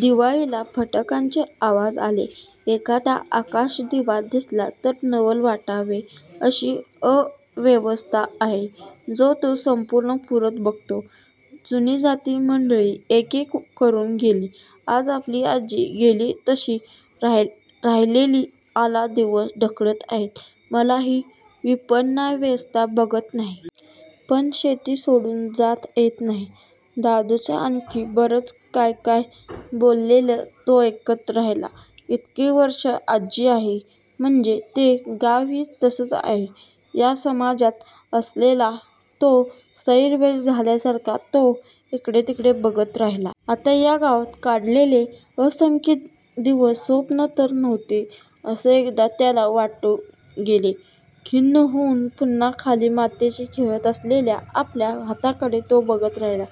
दिवाळीला फटाक्यांचे आवाज आले, एखादा आकाशदिवा दिसला, तर नवल वाटावे अशी अवस्था आहे. जो तो स्वत:पूरतं बघतो. जुनी-जाणती मंडळी एकेक करून गेली, आज आपली आजी गेली तशी. राहिलेली आला दिवस ढकलत आहेत. मलाही ही विपन्नावस्था बघवत नाही. पण शेती सोडून जाता येत नाही.. दादूचं आणखी बरंच काय काय बोललेलं तो ऐकत राहिला. इतकी वर्षे आजी आहे, म्हणजे, ते गावही तसंच आहे या समजात असलेला तो सैरभैर झाल्यासारखा तो इकडेतिकडे बघत राहिला. आता या गावात काढलेले असंख्य दिवस स्वप्न तर नव्हते असं एकदा त्याला वाटून गेलं. खिन्न होऊन पुन्हा खाली मातीशी खेळत असलेल्या आपल्या हातांकडे तो बघत राहिला.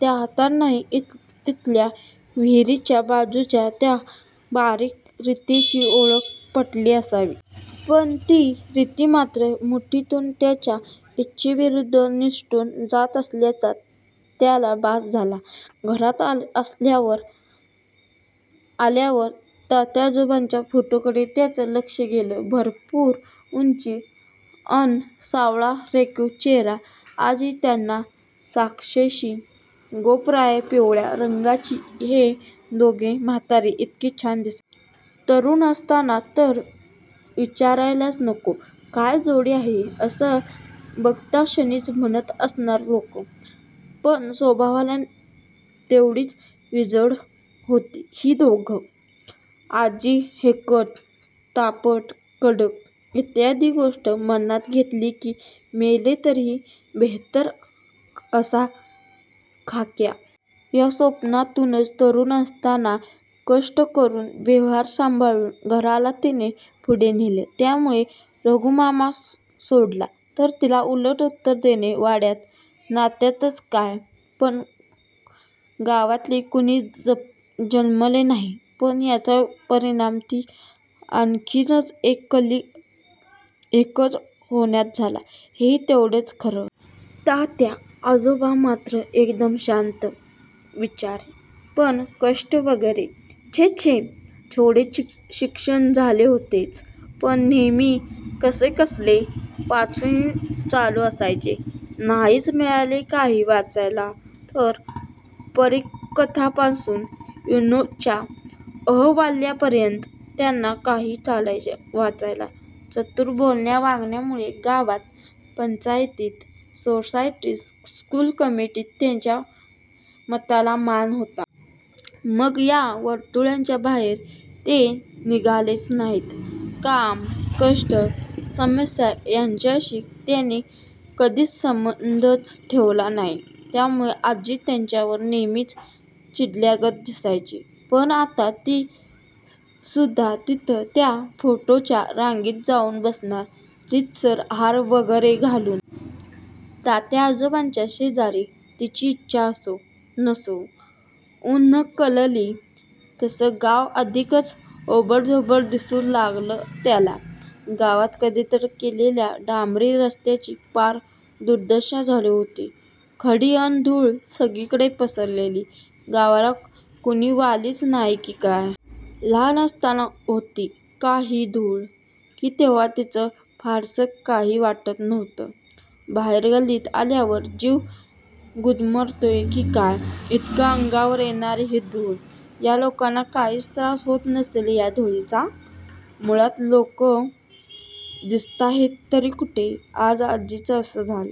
त्या हातांनाही तिथल्या विहिरीच्या बाजूच्या त्या बारीक रेतीची ओळख पटली असावी. पण ती रेती मात्र मुठीतून त्याच्या इच्छेविरूध्द निसटून जात असल्याचा त्याला भास झाला. घरात आल्यावर तात्याआजोबांच्या फोटोकडे त्याचं लक्ष गेलं. भरपूर उंची, अन सावळा रेखीव चेहेरा. आजीही त्यांना साजेशी. गोर्यापिवळ्या रंगाची. हे दोघे म्हातारे इतके छान दिसायचे. तरूण असताना तर विचारायलाच नको. काय जोडी आहे- असं बघताक्षणीच म्हणत असणार लोक. पण स्वभावाला तेवढीच विजोड होती ही दोघं. आजी हेकट, तापट, कडक. एखादी गोष्ट मनात घेतली की मेले तरी बेहेत्तर असा खाक्या. या स्वभावातूनच तरूण असताना कष्ट करून व्यवहार सांभाळून घराला तिने पुढे नेले. त्यामूळे रघूमामा सोडला, तर तिला उलट उत्तर देणारे वाड्यात, नात्यातच काय, पण गावातही कुणी जन्मले नाही! पण याचा परिणाम ती आणखीच एककल्ली, हेकट होण्यात झाला, हेही तेवढंच खरं. तात्या आजोबा मात्र एकदम शांत, विचारी. पण कष्ट वगैरे? छे-छे! थोडे शिक्षण झाले होतेच, पण नेहेमी कसकसले वाचनही चालू असायचे. नाहीच मिळाले काही वाचायला, तर परीकथांपासून युनोच्या अहवालापर्यंत त्यांना काहीही चालायचे वाचायला. चतूर बोलण्या वागण्यामूळे गावात, पंचायतीत, सोसायटीत, स्कूल कमिटीत त्यांच्या मताला मान होता. मग या वर्तूळाच्या बाहेर ते निघालेच नाहीत. काम, कष्ट, समस्या यांच्याशी त्यांनी कधी संबंधच ठेवला नाही. त्यामूळे आजी त्यांच्यावर नेहेमीच चिडल्यागत दिसायची. पण आता ती सुध्दा तिथं त्या फोटोंच्या रांगेत जाऊन बसणार. रीतसर हार वगैरे घालून. तात्याआजोबांच्या शेजारी. तिची इच्छा असो, नसो. ऊन्हं कलली, तसं गाव अधिकच ओबडधोबड दिसू लागलं त्याला. गावात कधीतरी केलेल्या डांबरी रस्त्यांची पार दुर्दशा झाली होती. खडी अन धुळ सगळीकडे पसरलेली. गावाला कुणी वालीच नाही की काय? लहान असताना होती का ही धूळ? की तेव्हा तिचं फारसं काही वाटत नव्हतं? बाहेर गल्लीत आल्यावर जीव गुदमरतोय की काय, इतकी अंगावर येणारी ही धुळ. या लोकांना काहीच त्रास होत नसेल या धुळीचा? मुळात लोक दिसताहेत तरी कुठे? आज आजीचं असं झालं--